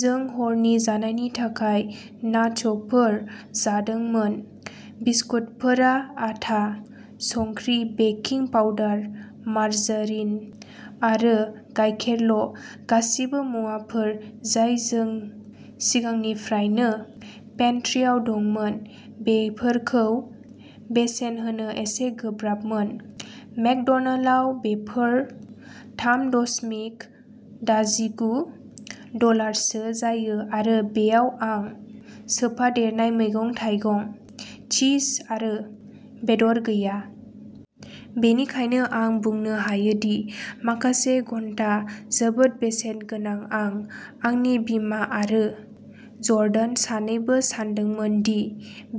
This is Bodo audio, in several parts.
जों हरनि जानायनि थाखाय नाचोफोर जादोंमोन। बिस्कुटफोरा आटा, संख्रि, बेकिं पाउडार, मार्जारिन आरो गायखेरल' गासिबो मुवाफोर जाय जों सिगांनिफ्रायनो पेन्ट्रीआव दंमोन, बेफोरखौ बेसेन होनो एसे गोब्राबमोन। मेकड'नाल्ड्सआव बेफोर थाम दशमिक दजिगु डलारसो जायो आरो बेयाव आं सोफादेरनाय मैगं-थाइगं, चीज आरो बेदर गैया। बेनिखायनो आं बुंनो हायो दि माखासे घन्टा जोबोद बेसेन गोनां आं, आंनि बिमा आरो जर्डान सानैबो सानदोंमोन दि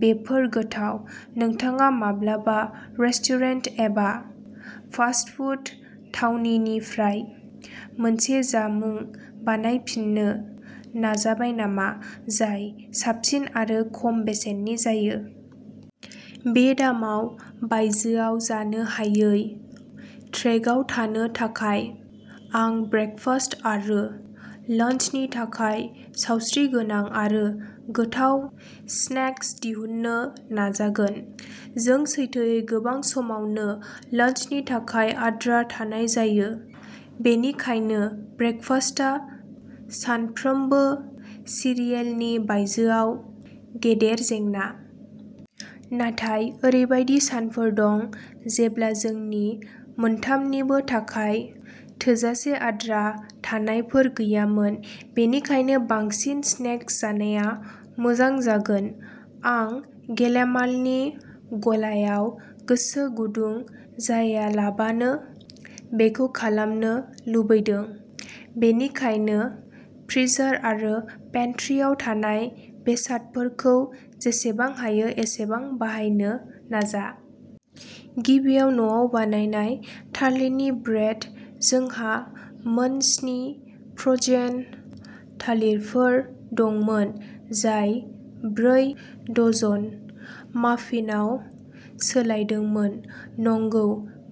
बेफोर गोथाव। नोंथाङा माब्लाबा रेस्टुरेन्ट एबा फास्ट फुड थावनिनिफ्राय मोनसे जामुं बानायफिननो नाजाबाय नामा जाय साबसिन आरो खम बेसेननि जायो? बे दानाव बायजोआव जानो हायै ट्रेकआव थानो थाखाय, आं ब्रेकफास्ट आरो लञ्चनि थाखाय सावस्रिगोनां आरो गोथाव स्नेक्स दिहुननो नाजागोन। जों सैथोयै, गोबां समावनो लञ्चनि थाखाय आद्रा थानाय जायो, बेनिखायनो ब्रेकफास्टआ सानफ्रोमबो सिरियेलनि बायजोआव गेदेर जेंना। नाथाय ओरैबायदि सानफोर दं जेब्ला जोंनि मोनथामनिबो थाखाय थोजासे आद्रा थानायफोर गैयामोन-बेनिखायनो बांसिन स्नेक्स जानाया मोजां जागोन। आं गेलामालनि गलायाव गोसो गुदुं जायालाबानो बेखौ खालामनो लुबैदों, बेनिखायनो फ्रिजार आरो पेन्ट्रीआव थानाय बेसादफोरखौ जेसेबां हायो एसेबां बाहायनो नाजा। गिबियाव न'आव बानायनाय थालिरनि ब्रेड। जोंहा मोन स्नि फ्र'जेन थालिरफोर दंमोन जाय ब्रै दजन माफिनआव सोलायदोंमोन नंगौ,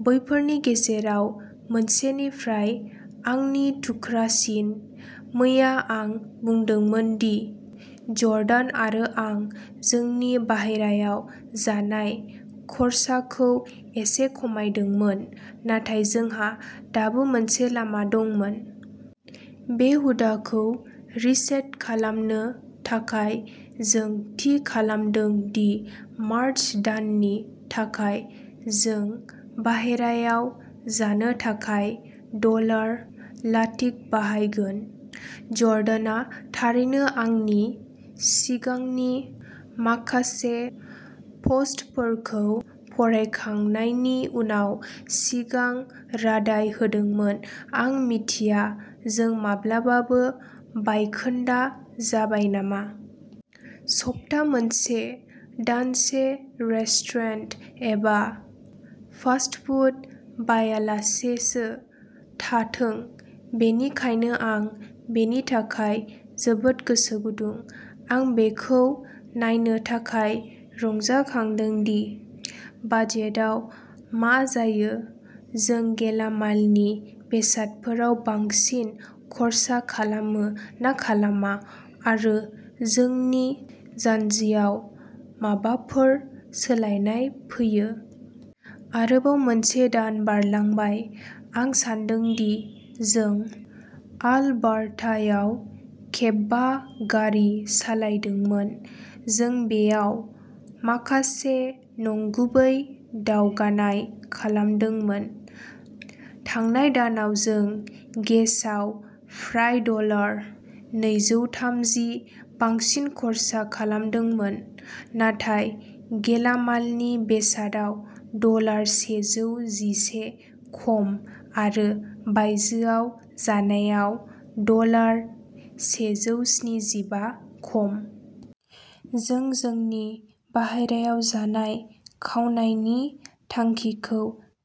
बैफोरनि गेजेराव मोनसेनिफ्राय आंनि थुख्रा सिन। मैया आं बुंदोंमोन दि जर्डान आरो आं जोंनि बाहेरायाव जानाय खरसाखौ एसे खमायदोंमोन नाथाय जोंहा दाबो मोनसे लामा दंमोन। बे हुदाखौ रिसेट खालामनो थाखाय, जों थि खालामदों दि मार्च दाननि थाखाय जों बाहेरायाव जानो थाखाय डलार लाथिख बाहायगोन। जर्डानआ थारैनो आंनि सिगांनि माखासे पस्टफोरखौ फरायखांनायनि उनाव सिगां रादाय होदोंमोन। आं मिथिया जों माब्लाबाबो बायखोन्दा जाबाय नामा। सप्ता मोनसे, दानसे रेस्टुरेन्ट एबा फास्ट फुड बायालासेसो थाथों, बेनिखायनो आं बेनि थाखाय जोबोद गोसो गुदुं। आं बेखौ नायनो थाखाय रंजाखांदों दि बाजेटआव मा जायो। जों गेलामालनि बेसादफोराव बांसिन खर्सा खालामो ना खालामा, आरो जोंनि जान्जियाव माबाफोर सोलायनाय फैयो। आरोबाव मोनसे दान बारलांबाय। आं सानदों दि जों आलबार्तायाव खेबबा गारि सालायदोंमोन, जों बेयाव माखासे नंगुबै दावगानाय खालामदोंमोन। थांनाय दानाव जों गेसआव फ्राय डलार नैजौथामजि बांसिन खर्सा खालामदोंमोन, नाथाय गेलामालनि बेसादआव डलार सेजौजिसे खम आरो बायजोआव जानायआव डलार सेजौस्निजिबा खम। जों जोंनि बाहेरायाव जानाय खावनायनि थांखिखौ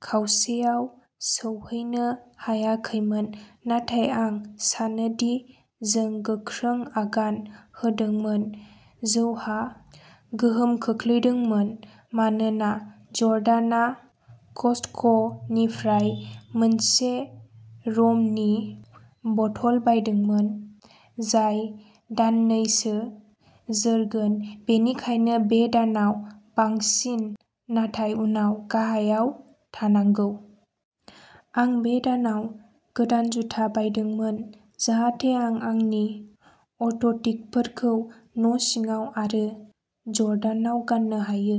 खावसेआव सौहैनो हायाखैमोन, नाथाय आं सानोदि जों गोख्रों आगान होदोंमोन। जौआ गोहोम खोख्लैदोंमोन मानोना जर्डाना कस्टक'निफ्राय मोनसे रमनि बथल बायदोंमोन जाय दाननैसो जोरगोन, बेनिखायनो बे दानाव बांसिन नाथाय उनाव गाहायाव थानांगौ। आं बे दानाव गोदान जुथा बायदोंमोन जाहाथे आं आंनि अर्थ'टिकफोरखौ न'सिङाव आरो जर्डानाव गान्नो हायो।